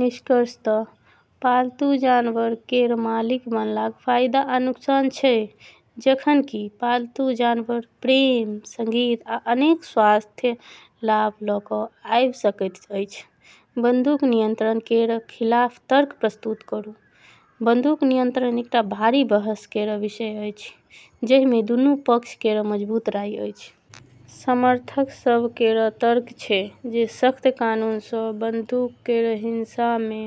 निष्कर्षतः पालतू जानवर केर मालिक बनलाक फायदा आ नुकसान छै। जखन कि पालतू जानवर प्रेम, संगति, आ अनेक स्वास्थ्य लाभ ल' कऽ आबि सकैत अछि। बंदूक नियंत्रण केर खिलाफ तर्क प्रस्तुत करू। बंदूक नियंत्रण एकटा भारी बहस केर विषय अछि जाहिमे दुनू पक्ष केर मजबूत राय अछि। समर्थक सभ केर तर्क छै जे सख्त कानूनसँ बंदूक केर हिंसामे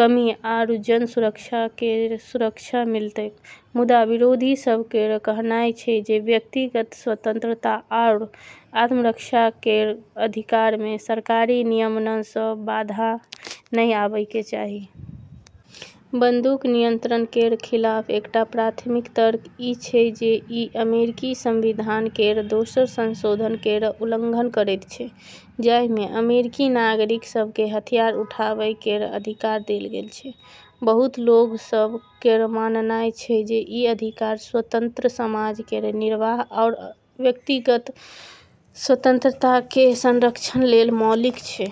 कमी आरू जन सुरक्षा केर सुरक्षा मिलतैक, मुदा विरोधी सभ केर कहनाय छै जे व्यक्तिगत स्वतंत्रता आरू आत्मरक्षा केर अधिकारमे सरकारी नियमनसँ बाधा नहि आबै के चाही। बंदूक नियंत्रण केर खिलाफ एकटा प्राथमिक तर्क ई छै जे ई अमेरिकी संविधान केर दोसर संशोधन केर उल्लंघन करैत छै, जाहिमे अमेरिकी नागरिक सभकेँ हथियार उठाबै केर अधिकार देल गेल छै। बहुत लोग सभ केर माननाय छै जे ई अधिकार स्वतंत्र समाज केर निर्वाह आरू व्यक्तिगत स्वतंत्रता केर संरक्षण लेल मौलिक छै।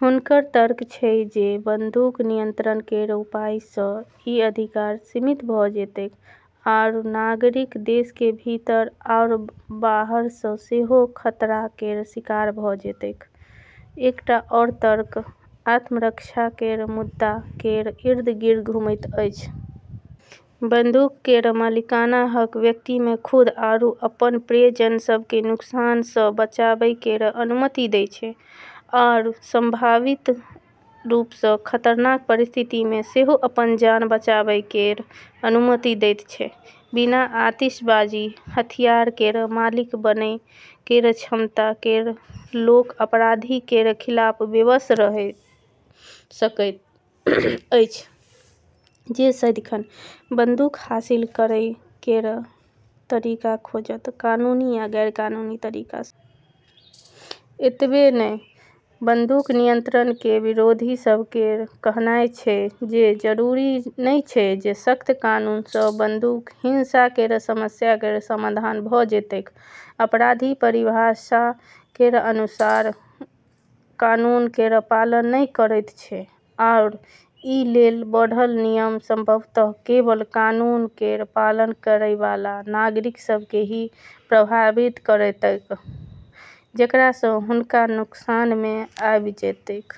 हुनकर तर्क छै जे बंदूक नियंत्रण केर उपायसँ ई अधिकार सीमित भऽ जेतैक आरू नागरिक देश केर भीतर आरू बाहरसँ सेहो खतरा केर शिकार भऽ जेतैक। एकटा आओर तर्क आत्मरक्षा केर मुद्दा केर इर्द-गिर्द घूमैत अछि। बंदूक केर मालिकाना हक व्यक्तिमे खुद आरू अपन प्रियजन सभकेँ नुकसानसँ बचाबै केर अनुमति दैत छै आरू संभावित रूपसँ खतरनाक परिस्थितिमे सेहो अपन जान बचाबै केर अनुमति दैत छै। बिना आतिशबाजी (हथियार) केर मालिक बनै केर क्षमता केर लोक अपराधी केर खिलाफ बेबस रहि सकैत अछि जे सदिखन बंदूक हासिल करै केर तरीका खोजत, कानूनी या गैर-कानूनी तरीकासँ। एतबे नहि, बंदूक नियंत्रण केर विरोधी सभ केर कहनाय छै जे जरूरी नहि छै जे सख्त कानूनसँ बंदूक हिंसा केर समस्या केर समाधान भऽ जेतैक। अपराधी, परिभाषा केर अनुसार, कानून केर पालन नहि करैत छै, आरू ई लेल बढ़ल नियम संभवतः केवल कानून केर पालन करैबला नागरिक सभकेँ ही प्रभावित करतैक, जेकरासँ हुनका नुकसानमे आबि जेतैक।